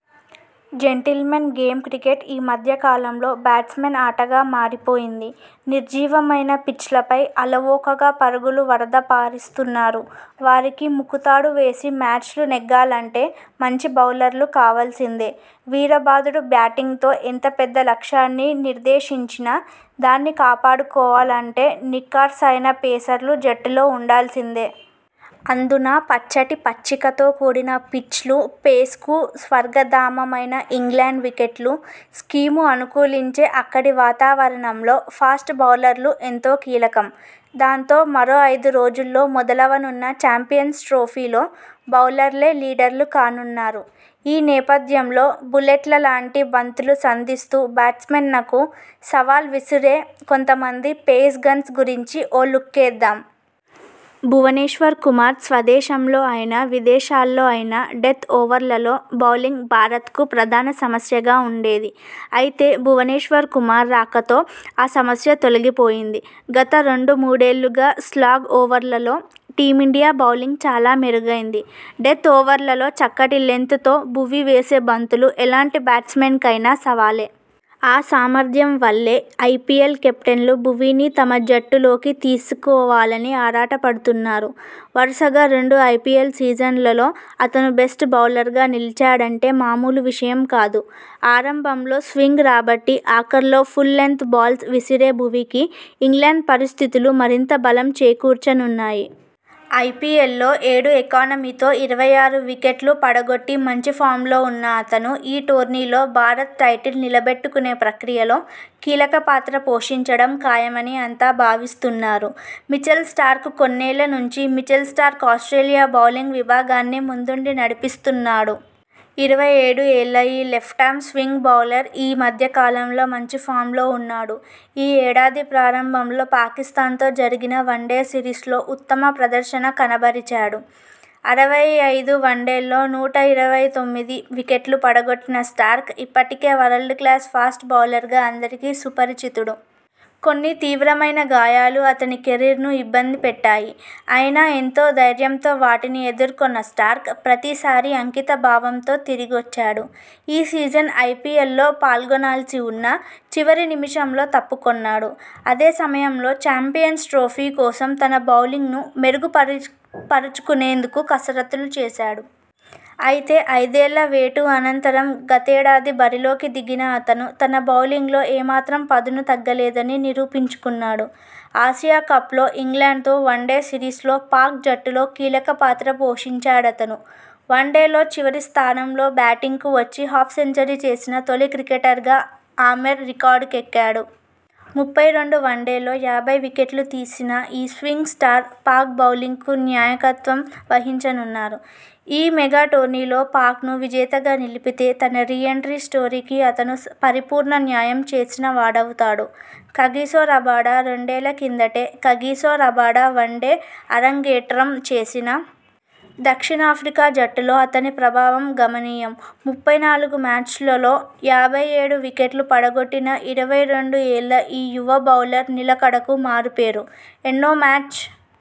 Gentlemen game cricket ఈ మధ్య కాలంలో బ్యాట్స్మెన్ ఆటగా మారిపోయింది! నిర్జీవమైన పిచ్లపై అలవోకగా పరుగుల వరద పారిస్తున్నారు. వారికి ముకుతాడు వేసి మ్యాచ్లు నెగ్గాలంటే మంచి బౌలర్లు కావాల్సిందే..! వీరబాదుడు బ్యాటింగ్తో ఎంత పెద్ద లక్ష్యాన్ని నిర్దేశించినా దాన్ని కాపాడుకోవాలంటే నిఖార్సైన పేసర్లు జట్టులో ఉండాల్సిందే..! అందునా పచ్చటి పచ్చికతో కూడిన పిచ్లు, పేస్కు స్వర్గధామమైన ఇంగ్లండ్ వికెట్లు, స్కీము అనుకూలించే అక్కడి వాతావరణంలో ఫాస్ట్ బౌలర్లు ఎంతో కీలకం..! దాంతో, మరో ఐదు రోజుల్లో మొదలవనున్న చాంపియన్స్ ట్రోఫీలో బౌలర్లే లీడర్లు కానున్నారు..! ఈ నేపథ్యంలో బుల్లెట్ల లాంటి బంతులు సంధిస్తూ బ్యాట్స్మెనకు సవాల్ విసిరే కొంతమంది 'పేస్ గన్స్' గురించి ఓ లుక్కేద్దాం. భువనేశ్వర్ కుమార్ స్వదేశంలో అయినా, విదేశాల్లో అయినా డెత్ ఓవర్లలో బౌలింగ్ భారత్కు ప్రధాన సమస్యగా ఉండేది. అయితే, భువనేశ్వర్ కుమార్ రాకతో ఆ సమస్య తొలగి పోయింది. గత రెండు మూడేళ్లుగా స్లాగ్ ఓవర్లలో టీమిండియా బౌలింగ్ చాలా మెరుగైంది. డెత్ ఓవర్లలో చక్కటి లెంత్ తో భువీ వేసే బంతులు ఎలాంటి బ్యాట్స్ మెన్ కైనా సవాలే. ఆ సామర్థ్యం వల్లే ఐ పీ ఎల్ కెప్టెన్లు భువీని తమ జట్టు లోకి తీసుకోవాలని ఆరాటపడుతున్నారు. వరుసగా రెండు ఐ పీ ఎల్ సీజన్లలో అతను బెస్ట్ బౌలర్గా నిలిచాడంటే మామూలు విషయం కాదు. ఆరంభంలో స్వింగ్ రాబట్టి, ఆఖర్లో ఫుల్ లెన్త్ బాల్స్ విసిరే భువీకి ఇంగ్లండ్ పరిస్థితులు మరింత బలం చేకూర్చనున్నాయి. ఐ పీ ఎల్లో ఏడు ఎకానమీ తో ఇరవై ఆరు వికెట్లు పడగొట్టి మంచి ఫామ్లో ఉన్న అతను ఈ టోర్నీలో భారత్ టైటిల్ నిలబెట్టుకునే ప్రక్రియలో కీలక పాత్ర పోషించడం ఖాయమని అంతా భావిస్తున్నారు. మిచెల్ స్టార్క్ కొన్నేళ్ల నుంచి మిచెల్ స్టార్క్ ఆస్ట్రేలియా బౌలింగ్ విభాగాన్ని ముందుండి నడిపిస్తున్నాడు. ఇరవై ఏడు ఏళ్ల ఈ లెఫ్టార్మ్ స్వింగ్ బౌలర్ ఈ మధ్య కాలంలో మంచి ఫామ్లో ఉన్నాడు. ఈ ఏడాది ప్రారంభంలో పాకిస్థాన్తో జరిగిన వన్డే సిరీస్లో ఉత్తమ ప్రదర్శన కనబరిచాడు. అరవై ఐదు వన్డేల్లో నూట ఇరవై తొమ్మిది వికెట్లు పడగొట్టిన స్టార్క్ ఇప్పటికే వరల్డ్ క్లాస్ ఫాస్ట్ బౌలర్గా అందరికీ సుపరిచితుడు. కొన్ని తీవ్రమైన గాయాలు అతని కెరీర్ను ఇబ్బంది పెట్టాయి. అయినా.. ఎంతో ధైర్యంతో వాటిని ఎదుర్కొన్న స్టార్క్ ప్రతీసారి అంకిత భావంతో తిరిగొచ్చాడు. ఈ సీజన్ ఐ పీ ఎల్లో పాల్గొనాల్సివున్నా.. చివరి నిమిషంలో తప్పుకొన్నాడు. అదే సమయంలో చాంపియన్స్ ట్రోఫీ కోసం తన బౌలింగ్ను మెరుగు పరుచు పరుచుకునేందుకు కసరత్తులు చేశాడు. అయితే, ఐదేళ్ల వేటు అనంతరం గతేడాది బరిలోకి దిగిన అతను తన బౌలింగ్లో ఏ మాత్రం పదును తగ్గలేదని నిరూపించుకున్నాడు. ఆసియా కప్లో, ఇంగ్లండ్తో వన్డే సిరీస్లో పాక్ జట్టులో కీలక పాత్ర పోషించాడతను. వన్డేల్లో చివరి స్థానంలో బ్యాటింగ్కు వచ్చి హాఫ్ సెంచరీ చేసిన తొలి క్రికెటర్గా ఆమెర్ రికార్డుకెక్కాడు. ముప్పై రెండు వన్డేల్లో యాభై వికెట్లు తీసిన ఈ స్వింగ్ స్టార్ పాక్ బౌలింగ్కు న్యాయకత్వం వహించనున్నాడు. ఈ మెగా టోర్నీలో పాక్ను విజేతగా నిలిపితే తన రీ ఎంట్రీ స్టోరీకి అతను పరిపూర్ణ న్యాయం చేసినవాడవుతాడు. కగిసో రబాడ రెండేళ్ల కిందటే కగిసో రబాడ వన్డే అరంగేట్రం చేసినా.. దక్షిణాఫ్రికా జట్టులో అతని ప్రభావం గమనీయం. ముప్పై నాలుగు మ్యాచ్ల్ లో యాభై ఏడు వికెట్లు పడగొట్టిన ఇరవై రెండు ఏళ్ల ఈ యువ బౌలర్ నిలకడకు మారు పేరు. ఎన్నో మ్యాచ్